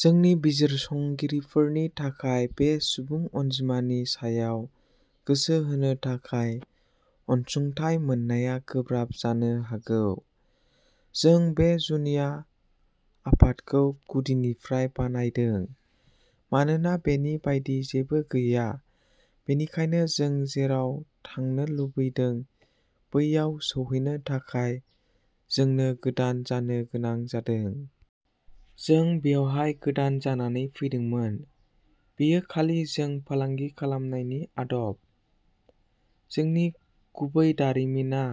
जोंनि बिजिरसंगिरिफोरनि थाखाय बे सुबुं अनजिमानि सायाव गोसो होनो थाखाय अनसुंथाय मोननाया गोब्राब जानो हागौ। जों बे जुनिया आफादखौ गुदिनिफ्राय बानायदों। मानोना बेनि बायदि जेबो गैया, बेनिखायनो जों जेराव थांनो लुबैदों बैयाव सौहैनो थाखाय जोंनो गोदान जानो गोनां जादों। जों बेवहाय गोदान जानानै फैदोंमोन। बेयो खालि जों फालांगि खालामनायनि आदब। जोंनि गुबै "दारिमिन" आ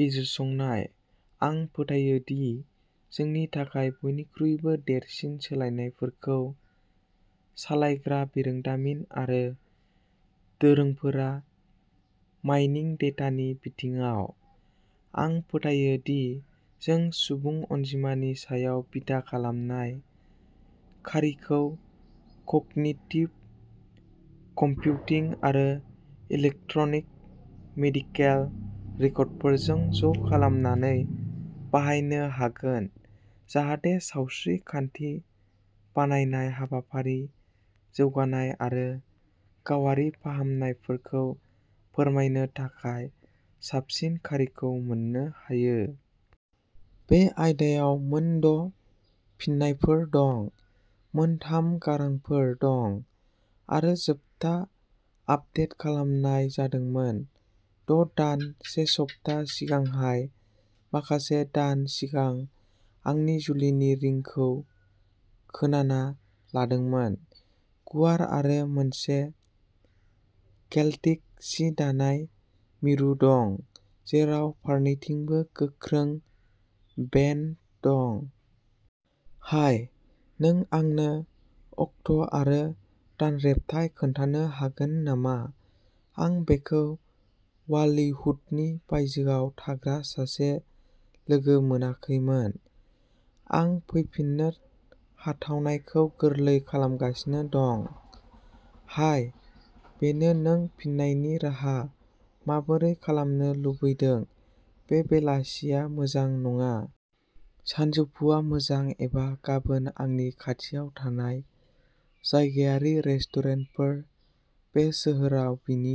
बिजिरसंनाय आं फोथायो दि जोंनि थाखाय बयनिख्रुइबो देरसिन सोलायनायफोरखौ सालायग्रा बिरोंदामिन आरो दोरोंफोरा माइनिं डेटानि बिथिङाव। आं फोथायो दि जों सुबुं अनजिमानि सायाव बिथा खालामनाय खारिखौ कगनिटिभ कम्पिउटिं आरो इलेक्ट्रनिक मेडिकेल रेकर्डफोरजों ज' खालामनानै बाहायनो हागोन जाहाथे सावस्रि खान्थि बानायनाय, हाबाफारि जौगानाय आरो गावारि फाहामनायफोरखौ फोरमायनो थाखाय साबसिन खारिखौ मोननो हायो। बे आयदायाव मोन द' फिननायफोर दं, मोन थाम गारांफोर दं, आरो जोबथा आपदेट खालामनाय जादोंमोन द' दान, से सप्ता सिगांहाय माखासे दान सिगां आंनि जुलिनि रिंखौ खोनाना लादोंमोन। गुवार आरो मोनसे केल्टिक सि दानाय मिरु दं, जेराव फारनैथिंबो गोख्रों बेन्ड दं। हाय, नों आंनो अक्ट'आरो दानरेब्थाय खोन्थानो हागोन नामा? आं बेखौ वाल्लिहुडनि बायजोआव थाग्रा सासे लोगो मोनाखैमोन। आं फैफिननो हाथावनायखौ गोरलै खालामगासिनो दं। हाय, बेनो नों फिन्नायनि राहा माबोरै खालामनो लुबैदों। बे बेलासिया मोजां नङा। सानजौफुआ मोजां एबा गाबोन आंनि खाथियाव थानाय जायगायारि रेस्टुरेन्टफोर बे सोहोराव बिनि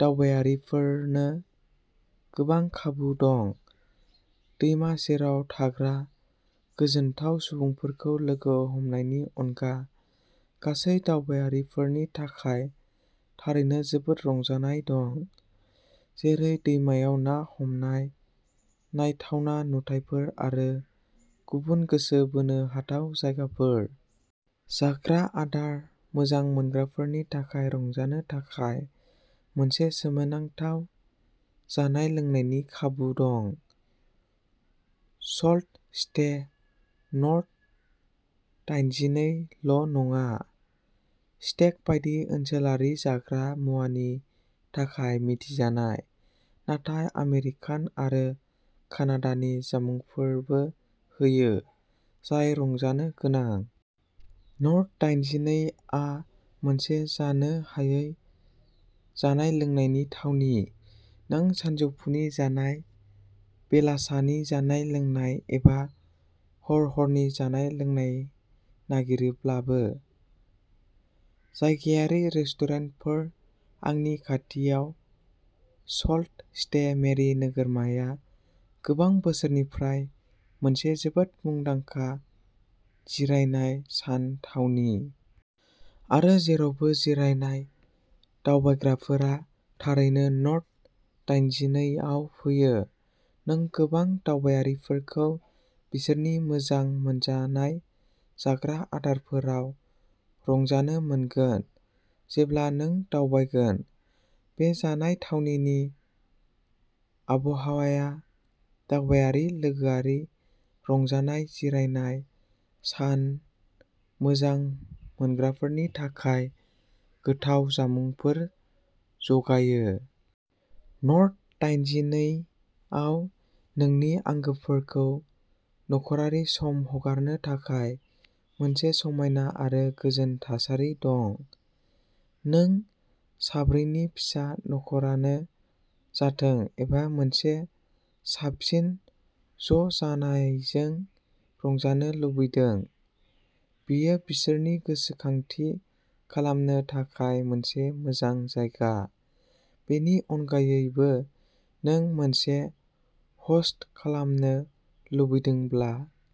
दावबायारिफोरनो गोबां खाबु दं, दैमा सेराव थाग्रा गोजोनथाव सुबुंफोरखौ लोगो हमनायनि अनगा गासै दावबायारिफोरनि थाखाय थारैनो जोबोद रंजानाय दं, जेरै दैमायाव ना हमनाय, नायथावना नुथायफोर आरो गुबुन गोसो बोनो हाथाव जायगाफोर। जाग्रा आदार मोजां मोनग्राफोरनि थाखाय रंजानो थाखाय मोनसे सोमोनांथाव जानाय लोंनायनि खाबु दं। सल्ट स्टे नर्थ दाइनजिनै ल' नङा। स्टेक बायदि ओनसोलारि जाग्रा मुवानि थाखाय मिथिजानाय, नाथाय आमेरिकान आरो कानाडानि जामुंफोरबो होयो, जाय रंजानो गोनां। नर्थ दाइनजिनै आ मोनसे जानो हायै जानाय-लोंनायनि थावनि, नों सानजौफुनि जानाय, बेलासानि जानाय-लोंनाय एबा हर-हरनि जानाय-लोंनाय नागिरोब्लाबो। जायगायारि रेस्टुरेन्टफोर आंनि खाथियावः सल्ट स्टे. मेरि नोगोरमाया गोबां बोसोरनिफ्राय मोनसे जोबोद मुंदांखा जिरायनाय सान थावनि। आरो जेरावबो जिरायनाय दावबायग्राफोरा थारैनो नर्थ दाइनजिनै आव फैयो। नों गोबां दावबायारिफोरखौ बिसोरनि मोजां मोनजानाय जाग्रा आदारफोराव रंजानो मोनगोन जेब्ला नों दावबायगोन। बे जानाय थावनिनि आबहावाया दावबायारि लोगोआरि रंजानाय जिरायनाय सान मोजां मोनग्राफोरनि थाखाय गोथाव जामुंफोर जगायो। नर्थ दाइनजिनै आव नोंनि आंगोफोरखौ नखरारि सम हगारनो थाखाय मोनसे समायना आरो गोजोन थासारि दं। नों साब्रैनि फिसा नखरानो जाथों एबा मोनसे साबसिन ज' जानायजों रंजानो लुबैदों। बेयो बिसोरनि गोसोखांथि खालामनो थाखाय मोनसे मोजां जायगा । बेनि अनगायैबो नों मोनसे ह'स्ट खालामनो लुबैदोंब्ला।